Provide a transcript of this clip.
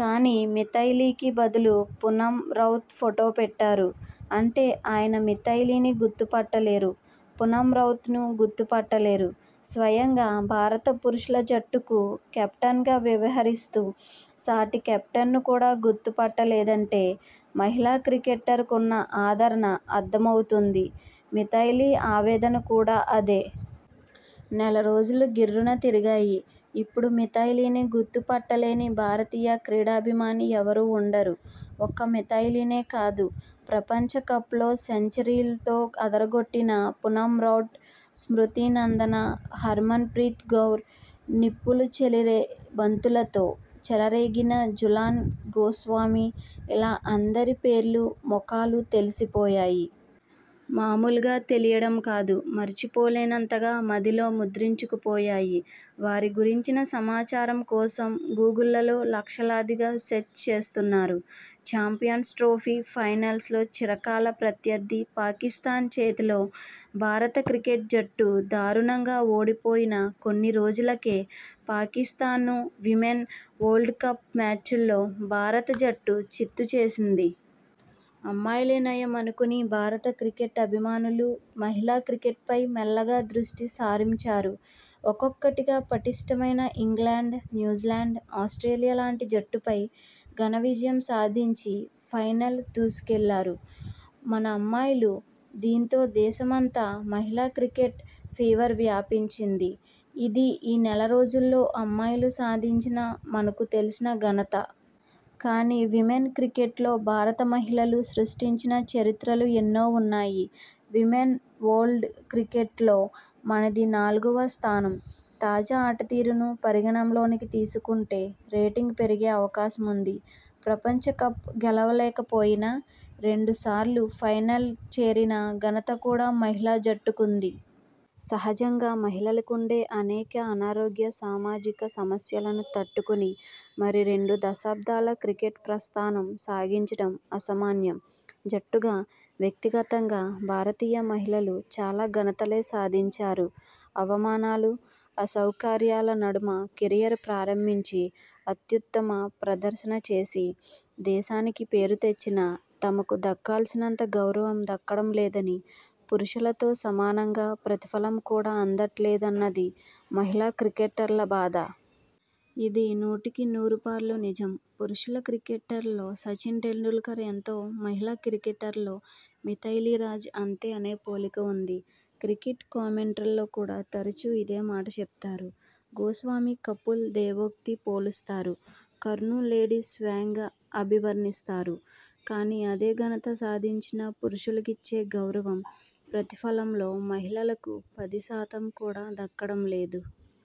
కానీ మిథైలీకి బదులు పూనమ్ రౌత్ ఫోటో పెట్టారు. అంటే ఆయన మిథైలీని గుర్తుపట్టలేరు. పూనమ్ రౌత్ను గుర్తు పట్టలేరు. స్వయంగా భారత పురుషుల జట్టుకు కెప్టెన్గా వ్యవహరిస్తూ సాటి కెప్టెన్ను కూడా గుర్తు పట్టలేదంటే మహిళా క్రికెట్కున్న ఆదరణ అర్థం అవుతుంది. మిథైలీ ఆవేదన కూడా అదే. నెల రోజులు గిర్రున తిరిగాయి. ఇప్పుడు మిథైలీని గుర్తు పట్టలేని భారతీయ క్రీడాభిమాని ఎవరూ ఉండరు. ఒక్క మిథైలీనే కాదు. ప్రపంచ కప్లో సెంచరీల్తో అదరగొట్టిన పూనమ్ రౌత్, స్మృతి నందన, హర్మన్ ప్రీత్ కౌర్, నిప్పులు చెరిగే బంతులతో చెలరేగిన జులాన్ గోస్వామి ఇలా అందరి పేర్లూ, ముఖాలూ తెలిసిపోయాయి. మామూలుగా తెలియడం కాదు. మరిచిపోలేనంతగా మదిలో ముద్రించుకుపోయాయి. వారి గురించిన సమాచారం కోసం గూగులలో లక్షలాదిగా సెర్చ్ చేస్తున్నారు. ఛాంపియన్స్ ట్రోఫీ– ఫైనల్స్లో చిరకాల ప్రత్యర్థి పాకిస్తాన్ చేతిలో భారత క్రికెట్ జట్టు దారుణంగా ఓడిపోయిన కొన్ని రోజులకే, పాకిస్తాన్ను విమెన్ వరల్డ్ కప్ మ్యాచ్లో భారత జట్టు చిత్తు చేసింది. అమ్మాయిలే నయం అనుకుని భారత క్రికెట్భిమానులు మహిళా క్రికెట్పై మెల్లగా దృష్టి సారించారు. ఒక్కొక్కటిగా పటిష్టమైన ఇంగ్లండ్, న్యూజీలాండ్, ఆస్ట్రేలియా లాంటి జట్టుపై ఘన విజయం సాధించి ఫైనల్ దూసుకెళ్లారు మన అమ్మాయిలు. దీంతో దేశమంతా మహిళా క్రికెట్ ఫీవర్ వ్యాపించింది. ఇది ఈ నెల రోజుల్లో అమ్మాయిలు సాధించిన మనకు తెలిసిన ఘనత. కానీ విమెన్ క్రికెట్లో భారత మహిళలు సృష్టించిన చరిత్రలు ఎన్నో ఉన్నాయి. విమెన్ ఓల్డ్ క్రికెట్లో మనది నాలుగో స్థానం. తాజా ఆటతీరును పరిగణంలోకి తీసుకుంటే రేటింగ్ పెరిగే అవకాశం ఉంది. ప్రపంచ కప్ గెలవలేకపోయినా, రెండు సార్లు ఫైనల్ చేరిన ఘనత కూడా మహిళా జట్టుకుంది. సహజంగా మహిళలకుండే అనేక ఆరోగ్య, సామాజిక సమస్యలను తట్టు కుని మరీ రెండు దశాబ్దాల క్రికెట్ ప్రస్థానం సాగించడం అసమాన్యం. జట్టుగా, వ్యక్తిగతంగా భారతీయ మహిళలు చాలా ఘనతలే సాధించారు. అవమనాలు, అసౌకర్యాల నడుమ కెరీర్ ప్రారంభించి అత్యుత్తమ ప్రద ర్శన చేసి, దేశానికి పేరు తెచ్చినా తమకు దక్కాల్సినంత గౌరవం దక్కడం లేదని, పురుషులతో సమానంగా ప్రతిఫలం కూడా అందట్లేదన్నది మహిళా క్రికెటర్ల బాధ. ఇది నూటికి నూరుపాళ్లు నిజం. పురుషుల క్రికెటర్లో సచిన్ టెండూల్కర్ ఎంతో మహిళా క్రికెటర్లో మిథాలీరాజ్ అంత అనే పోలిక ఉంది. క్రికెట్ కామెంటేటర్లు కూడా తరచూ ఇదే మాట చెప్పారు. గోస్వామిని కపిల్ దేవ్తో పోలుస్తారు. కర్ను లేడీ సెహ్వాగ్గా అభివర్ణిస్తారు. కానీ అదే ఘనత సాధించిన పురుషులకిచ్చే గౌరవం, ప్రతిఫలంలో మహిళలకు పది శాతం కూడా దక్కడం లేదు.